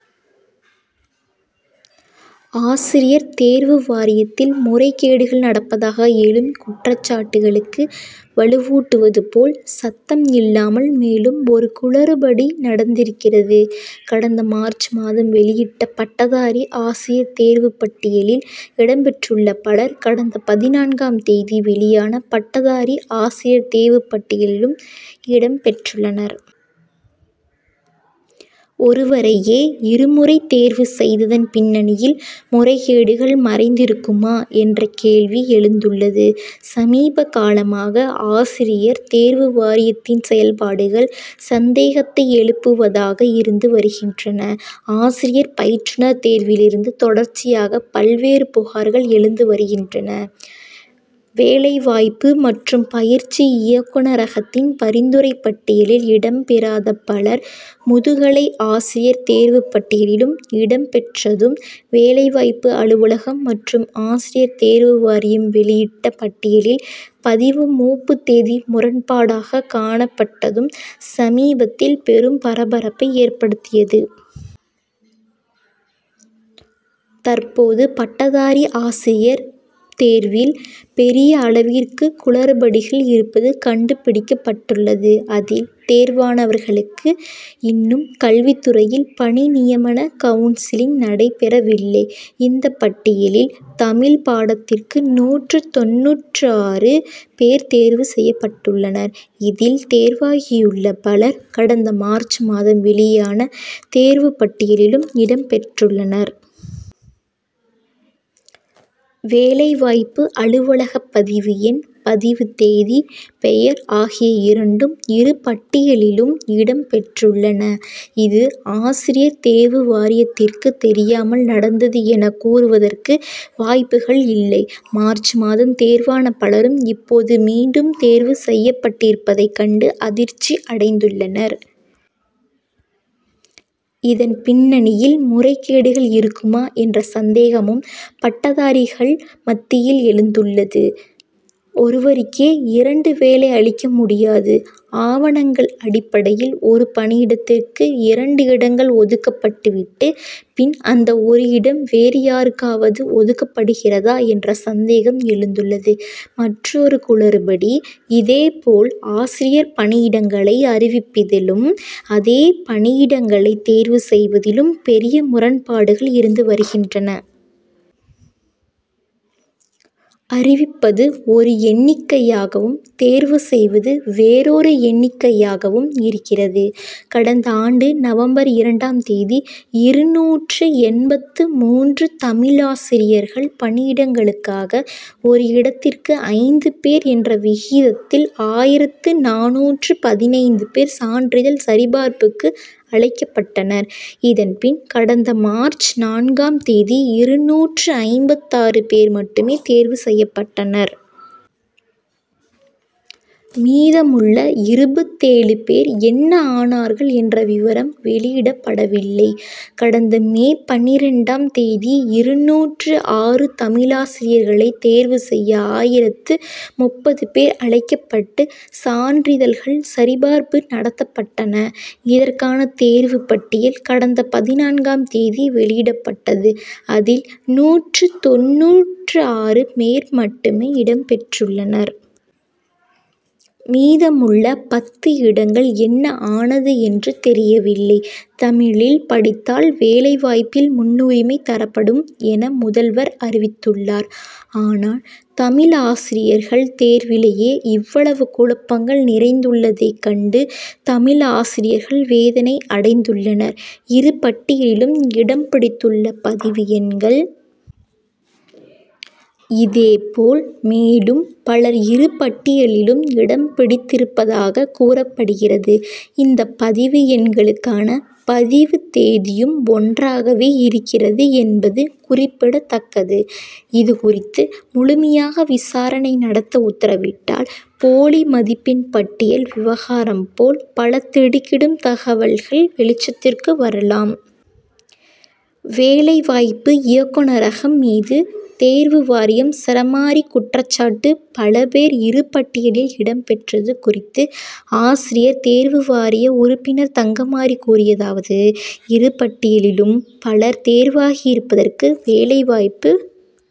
ஆசிரியர் தேர்வு வாரியத்தில் முறைகேடுகள் நடப்பதாக எழும் குற்றச்சாட்டுகளுக்கு வலுவூட்டுவது போல், சத்தம் இல்லாமல் மேலும் ஒரு குளறுபடி நடந்திருக்கிறது. கடந்த மார்ச் மாதம் வெளியிட்ட பட்டதாரி ஆசிரியர் தேர்வுப் பட்டியலில் இடம்பெற்றுள்ள பலர், கடந்த பதினான்காம் தேதி வெளியான பட்டதாரி ஆசிரியர் தேர்வுப் பட்டியலிலும் இடம் பெற்றுள்ளனர். ஒருவரையே, இருமுறை தேர்வு செய்ததன் பின்னணியில், முறைகேடுகள் மறைந்திருக்குமா என்ற கேள்வி எழுந்துள்ளது. சமீப காலமாக, ஆசிரியர் தேர்வு வாரியத்தின் செயல்பாடுகள், சந்தேகத்தை எழுப்புவதாக இருந்து வருகின்றன. ஆசிரியர் பயிற்றுனர் தேர்வில் இருந்து, தொடர்ச்சியாக பல்வேறு புகார்கள் எழுந்து வருகின்றன. வேலைவாய்ப்பு மற்றும் பயிற்சி இயக்குனரகத்தின் பரிந்துரைப் பட்டியலில் இடம்பெறாத பலர், முதுகலை ஆசிரியர் தேர்வுப் பட்டியலில் இடம்பெற்றதும், வேலைவாய்ப்பு அலுவலகம் மற்றும் ஆசிரியர் தேர்வு வாரியம் வெளியிட்ட பட்டியலில் பதிவு மூப்பு தேதி முரண்பாடாக காணப்பட்டதும், சமீபத்தில் பெரும் பரபரப்பை ஏற்படுத்தியது. தற்போது, பட்டதாரி ஆசிரியர் தேர்வில் பெரிய அளவிற்கு குளறுபடிகள் இருப்பது கண்டுபிடிக்கப்பட்டுள்ளது. அதில், தேர்வானவர்களுக்கு இன்னும் கல்வித் துறையில் பணி நியமன கவுன்சிலிங் நடைபெறவில்லை. இந்தப் பட்டியலில், தமிழ்ப் பாடத்திற்கு நூற்று தொண்ணூற்றாறு பேர் தேர்வு செய்யப்பட்டுள்ளனர். இதில், தேர்வாகியுள்ள பலர், கடந்த மார்ச் மாதம் வெளியான தேர்வுப் பட்டியலிலும் இடம் பெற்றுள்ளனர். வேலைவாய்ப்பு அலுவலக பதிவு எண், பதிவு தேதி, பெயர் ஆகிய இரண்டும், இரு பட்டியலிலும் இடம் பெற்றுள்ளன. இது, ஆசிரியர் தேர்வு வாரியத்திற்கு தெரியாமல் நடந்தது என கூறுவதற்கு வாய்ப்புகள் இல்லை. மார்ச் மாதம் தேர்வான பலரும், இப்போது மீண்டும் தேர்வு செய்யப்பட்டிருப்பதைக் கண்டு அதிர்ச்சி அடைந்துள்ளனர். இதன் பின்னணியில், முறைகேடுகள் இருக்குமா என்ற சந்தேகமும், பட்டதாரிகள் மத்தியில் எழுந்துள்ளது. ஒருவருக்கே, இரண்டு வேலை அளிக்க முடியாது. ஆவணங்கள் அடிப்படையில் ஒரு பணியிடத்திற்கு இரண்டு இடங்கள் ஒதுக்கப்பட்டு விட்டு, பின் அந்த ஒரு இடம் வேறு யாருக்காவது ஒதுக்கப்படுகிறதா என்ற சந்தேகம் எழுந்துள்ளது. மற்றொரு குளறுபடி: இதேபோல், ஆசிரியர் பணியிடங்களை அறிவிப்பதிலும், அதே பணியிடங்களை தேர்வு செய்வதிலும் பெரிய முரண்பாடுகள் இருந்து வருகின்றன. அறிவிப்பது ஒரு எண்ணிக்கையாகவும், தேர்வு செய்வது வேறொரு எண்ணிக்கையாகவும் இருக்கிறது. கடந்த ஆண்டு நவம்பர் இரண்டாம் தேதி, இருநூற்று எண்பத்து மூன்று தமிழாசிரியர்கள் பணியிடங்களுக்காக, ஒரு இடத்திற்கு ஐந்து பேர் என்ற விகிதத்தில் ஆயிரத்து நானூற்று பதினைந்து பேர் சான்றிதழ் சரிபார்ப்புக்கு அழைக்கப்பட்டனர். இதன் பின், கடந்த மார்ச் நான்காம் தேதி, இருநூற்று ஐம்பத்தாறு பேர் மட்டுமே தேர்வு செய்யப்பட்டனர். மீதமுள்ள இருபத்தேழு பேர் என்ன ஆனார்கள் என்ற விவரம் வெளியிடப்படவில்லை. கடந்த மே பன்னிரண்டாம் தேதி, இருநூற்று ஆறு தமிழாசிரியர்களை தேர்வு செய்ய ஆயிரத்து முப்பது பேர் அழைக்கப்பட்டு, சான்றிதழ்கள் சரிபார்ப்பு நடத்தப்பட்டன. இதற்கான தேர்வுப் பட்டியல், கடந்த பதினான்காம் தேதி வெளியிடப்பட்டது. அதில், நூற்று தொண்ணூற்றாறு பேர் மட்டுமே இடம் பெற்றுள்ளனர். மீதமுள்ள பத்து இடங்கள் என்ன ஆனது என்று தெரியவில்லை. தமிழில் படித்தால், வேலைவாய்ப்பில் முன்னுரிமை தரப்படும் என முதல்வர் அறிவித்துள்ளார். ஆனால், தமிழ் ஆசிரியர்கள் தேர்விலேயே இவ்வளவு குழப்பங்கள் நிறைந்துள்ளதைக் கண்டு, தமிழ் ஆசிரியர்கள் வேதனை அடைந்துள்ளனர். இரு பட்டியலிலும் இடம் பிடித்துள்ள பதிவு எண்கள்,. இதேபோல், மேலும் பலர் இரு பட்டியலிலும் இடம் பிடித்திருப்பதாகக் கூறப்படுகிறது. இந்த பதிவு எண்களுக்கான, பதிவு தேதியும் ஒன்றாகவே இருக்கிறது என்பது குறிப்பிடத்தக்கது. இது குறித்து, முழுமையாக விசாரணை நடத்த உத்தரவிட்டால், போலி மதிப்பெண் பட்டியல் விவகாரம் போல், பல திடுக்கிடும் தகவல்கள் வெளிச்சத்திற்கு வரலாம். வேலைவாய்ப்பு இயக்குனரகம் மீது தேர்வு வாரியம் சரமாரி குற்றச்சாட்டு பல பேர், இரு பட்டியலில் இடம் பெற்றது குறித்து, ஆசிரியர் தேர்வு வாரிய உறுப்பினர் தங்கமாரி கூறியதாவது: இரு பட்டியலிலும் பலர் தேர்வாகியிருப்பதற்கு, வேலைவாய்ப்பு